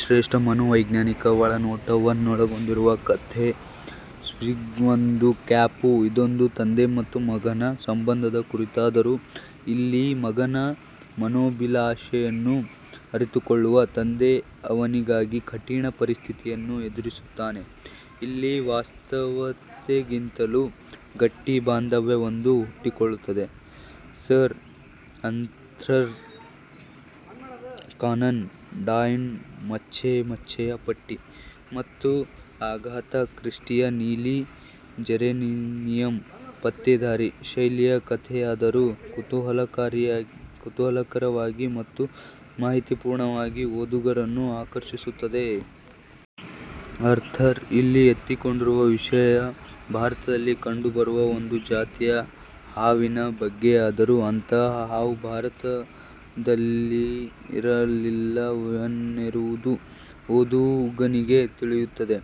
ಶ್ರೇಷ್ಠ ಮನೋ ವೈಜ್ಞಾನಿಕ ಒಳನೋಟವನ್ನೊಳಗೊಂಡಿರುವ ಕಥೆ 'ಸ್ಟೀವ್ಗೊಂದು ಕ್ಯಾಪು' ಇದೊಂದು ತಂದೆ ಮತ್ತು ಮಗನ ಸಂಬಂಧದ ಕುರಿತಾದರೂ ಇಲ್ಲಿ ಮಗನ ಮನೋಭಿಲಾಷೆಯನ್ನು ಅರಿತುಕೊಳ್ಳುವ ತಂದೆ ಅವನಿಗಾಗಿ ಕಠಿಣ ಪರಿಸ್ಥಿತಿಯನ್ನು ಎದುರಿಸುತ್ತಾನೆ. ಇಲ್ಲಿ ವಾಸ್ತವತೆಗಿಂತಲೂ ಗಟ್ಟಿ ಭಾಂದವ್ಯವೊಂದು ಹುಟ್ಟಿಕೊಳ್ಳುತ್ತದೆ. ಸರ್ ಅರ್ಥರ್ ಕಾನನ್ ಡಾಯ್ಲ್ನ 'ಮಚ್ಚೆ ಮಚ್ಚೆಯ ಪಟ್ಟಿ' ಮತ್ತು ಅಗಾಥ ಕ್ರಿಸ್ಟಿಯ 'ನೀಲಿ ಜೇರೇನಿಯಂ' ಪತ್ತೇದಾರಿ ಶೈಲಿಯ ಕಥೆಯಾದರೂ ಕುತೂಹಲಕರವಾಗಿ ಮತ್ತು ಮಾಹಿತಿಪೂರ್ಣವಾಗಿ ಓದುಗರನ್ನು ಆಕರ್ಷಿಸುತ್ತವೆ. ಅರ್ಥರ್ ಇಲ್ಲಿ ಎತ್ತಿಕೊಂಡಿರುವ ವಿಷಯ ಭಾರತದಲ್ಲಿ ಕಂಡು ಬರುವ ಒಂದು ಜಾತಿಯ ಹಾವಿನ ಬಗ್ಗೆಯಾದರೂ ಅಂತಹ ಹಾವು ಭಾರತದಲ್ಲಿರಲಿಲ್ಲವೆನ್ನುವುದು ಓದುಗನಿಗೆ ತಿಳಿಯುತ್ತದೆ.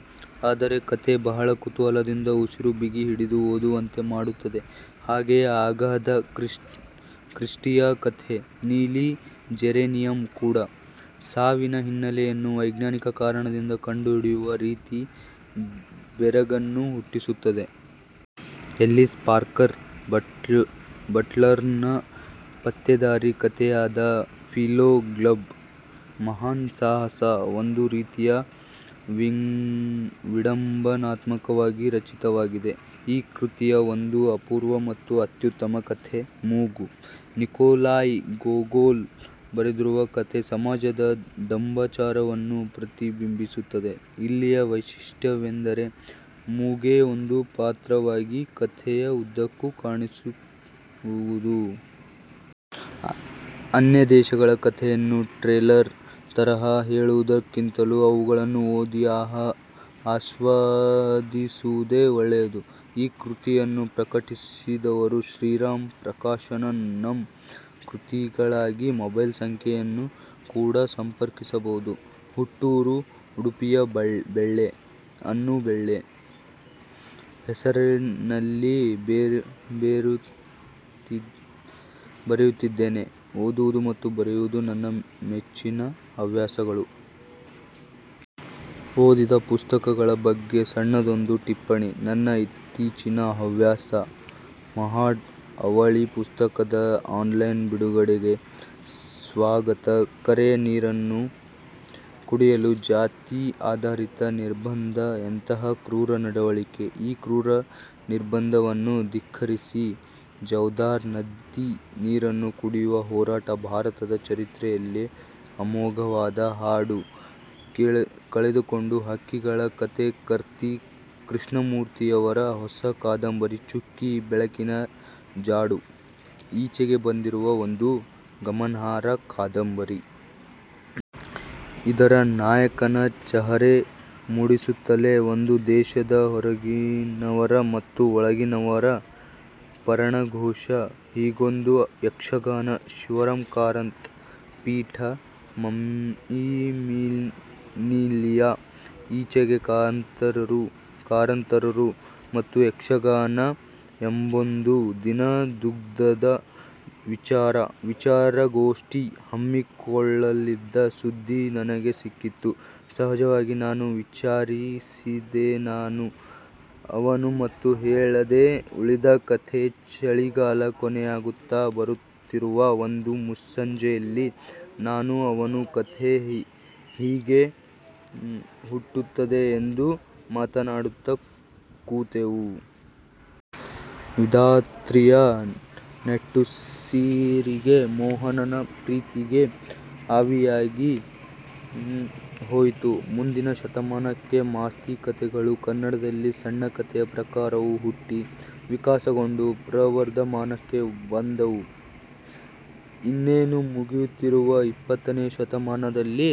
ಆದರೆ ಕಥೆ ಬಹಳ ಕುತೂಹಲದಿಂದ ಉಸಿರು ಬಿಗಿ ಹಿಡಿದು ಓದುವಂತೆ ಮಾಡುತ್ತದೆ. ಹಾಗೇಯೆ ಅಗಾಥ ಕ್ರಿಸ್ಟಿಯ ಕಥೆ 'ನೀಲಿ ಜೇರೆನಿಯಂ' ಕೂಡ. ಸಾವಿನ ಹಿನ್ನಲೆಯನ್ನು ವೈಜ್ಞಾನಿಕ ಕಾರಣದಿಂದ ಕಂಡುಹಿಡಿಯುವ ರೀತಿ ಬೆರಗನ್ನು ಹುಟ್ಟಿಸುತ್ತದೆ. ಎಲಿಸ್ ಪಾರ್ಕರ್ ಬಟ್ಲರ್ನ ಪತ್ತೇದಾರಿ ಕಥೆಯಾದ 'ಫಿಲೋ ಗಬ್ನ ಮಹಾನ್ ಸಾಹಸ' ಒಂದು ರೀತಿಯ ವಿಢಂಬನಾತ್ಮವಾಗಿ ರಚಿತವಾಗಿದೆ. ಈ ಕೃತಿಯ ಒಂದು ಅಪೂರ್ವ ಮತ್ತು ಅತ್ಯುತ್ತಮ ಕಥೆ 'ಮೂಗು', ನಿಕೊಲಾಯ್ ಗೊಗೊಲ್ ಬರೆದಿರುವ ಕಥೆ ಸಮಾಜದ ಢಂಬಾಚಾರವನ್ನು ಪ್ರತಿಬಿಂಬಿಸುತ್ತದೆ. ಇಲ್ಲಿಯ ವೈಶಿಷ್ಟ್ಯವೆಂದರೆ ಮೂಗೇ ಒಂದು ಪಾತ್ರವಾಗಿ ಕಥೆಯ ಉದ್ದಕ್ಕೂ ಕಾಣಸಿಗುವುದು. 'ಅನ್ಯ ದೇಶಗಳ' ಕಥೆಯನ್ನು ಟ್ರೇಲರ್ ತರಹ ಹೇಳುವುದಕ್ಕಿಂತಲೂ ಅವುಗಳನ್ನು ಓದಿ ಆಸ್ವಾದಿಸುವುದೇ ಒಳ್ಳೆಯದು. ಈ ಕೃತಿಯನ್ನು ಪ್ರಕಟಿಸಿದವರು ಶ್ರೀ ರಾಮ ಪ್ರಕಾಶನ, ನಂ. ಕೃತಿಗಳಿಗಾಗಿ ಮೊಬೈಲ್ ಸಂಖ್ಯೆಯನ್ನು ಕೂಡ ಸಂಪರ್ಕಿಸಬಹುದು. ಹುಟ್ಟೂರು ಉಡುಪಿಯ ಬೆಳ್ಳೆ; ಅನು ಬೆಳ್ಳೆ ಹೆಸರಿನಲ್ಲಿ ಬರೆಯುತ್ತಿದ್ದೇನೆ. ಓದುವುದು ಮತ್ತು ಬರೆಯುವುದು ನನ್ನ ಮೆಚ್ಚಿನ ಹವ್ಯಾಸಗಳು. ಓದಿದ ಪುಸ್ತಕಗಳ ಬಗ್ಗೆ ಸಣ್ಣದೊಂದು ಟಿಪ್ಪಣಿ ನನ್ನ ಇತ್ತಿಚೀನ ಹವ್ಯಾಸ. ಮಹಾಡ್ ಅವಳಿ ಪುಸ್ತಕದ ಆನ್ಲೈನ್ ಬಿಡುಗಡೆಗೆ ಸ್ವಾಗತ ಕೆರೆಯ ನೀರನ್ನು ಕುಡಿಯಲು ಜಾತಿ ಆಧಾರಿತ ನಿರ್ಬಂದ' ಎಂತಹ ಕ್ರೂರ ನಡವಳಿಕೆ. ಈ ಕ್ರೂರ ನಿರ್ಬಂಧವನ್ನು ಧಿಕ್ಕರಿಸಿ ಚವದಾರ್ ನದಿ ನೀರನ್ನು ಕುಡಿಯುವ ಹೋರಾಟ ಭಾರತದ ಚರಿತ್ರೆಯಲ್ಲೇ ಅಮೋಘವಾದ ಹಾಡು ಕಳೆದುಕೊಂಡ ಹಕ್ಕಿಗಳ ಕತೆ ಕರ್ಕಿ ಕೃಷ್ಣಮೂರ್ತಿಯವರ ಹೊಸ ಕಾದಂಬರಿ 'ಚುಕ್ಕಿ ಬೆಳಕಿನ ಜಾಡು' ಈಚೆಗೆ ಬಂದಿರುವ ಒಂದು ಗಮನಾರ್ಹ ಕಾದಂಬರಿ. ಇದರ ನಾಯಕನ ಚಹರೆ ಮೂಡಿಸುತ್ತಲೇ ಒಂದು ದೇಶದ 'ಹೊರಗಿನವರ' ಮತ್ತು 'ಒಳಗಿನವರ' ಪರಣಘೋಷ – ಹೀಗೊಂದು ಯಕ್ಷಗಾನ! ಶಿವರಾಮಕಾರಂತ ಪೀಠ, ಮಂವಿವಿನಿಲಯ ಈಚೆಗೆ 'ಕಾರಂತರು ಮತ್ತು ಯಕ್ಷಗಾನ' ಎಂಬೊಂದು ದಿನದುದ್ದದ ವಿಚಾರ ವಿಚಾರಗೋಷ್ಠಿ ಹಮ್ಮಿಕೊಳ್ಳಲಿದ್ದ ಸುದ್ಧಿ ನನಗೆ ಸಿಕ್ಕಿತು. ಸಹಜವಾಗಿ ನಾನು ವಿಚಾರಿಸಿದೆನಾನೂ ಅವನು ಮತ್ತು ಹೇಳದೇ ಉಳಿದ ಕತೆ ಚಳಿಗಾಲ ಕೊನೆಯಾಗುತ್ತಾ ಬರುತ್ತಿರುವ ಒಂದು ಮುಸ್ಸಂಜೆಯಲ್ಲಿ ನಾನೂ ಅವನೂ ಕತೆ ಹೇಗೆ ಹುಟ್ಟುತ್ತದೆ ಎಂದು ಮಾತಾಡುತ್ತಾ ಕೂತೆವು. ವಿಧಾತ್ರಿಯ ನಿಟ್ಟುಸಿರಿಗೆ ಮೋಹನನ ಪ್ರೀತಿ ಆವಿಯಾಗಿ ಹೋಯಿತು. ಮುಂದಿನ ಶತಮಾನಕ್ಕೆ ಮಾಸ್ತಿ ಕತೆಗಳು ಕನ್ನಡದಲ್ಲಿ ಸಣ್ಣಕಥೆಯ ಪ್ರಕಾರವು ಹುಟ್ಟಿ, ವಿಕಾಸಗೊಂಡು ಪ್ರವರ್ಧಮಾನಕ್ಕೆ ಬಂದುದು ಇನ್ನೇನು ಮುಗಿಯುತ್ತಿರುವ ಇಪ್ಪತ್ತನೆಯ ಶತಮಾನದಲ್ಲೆ.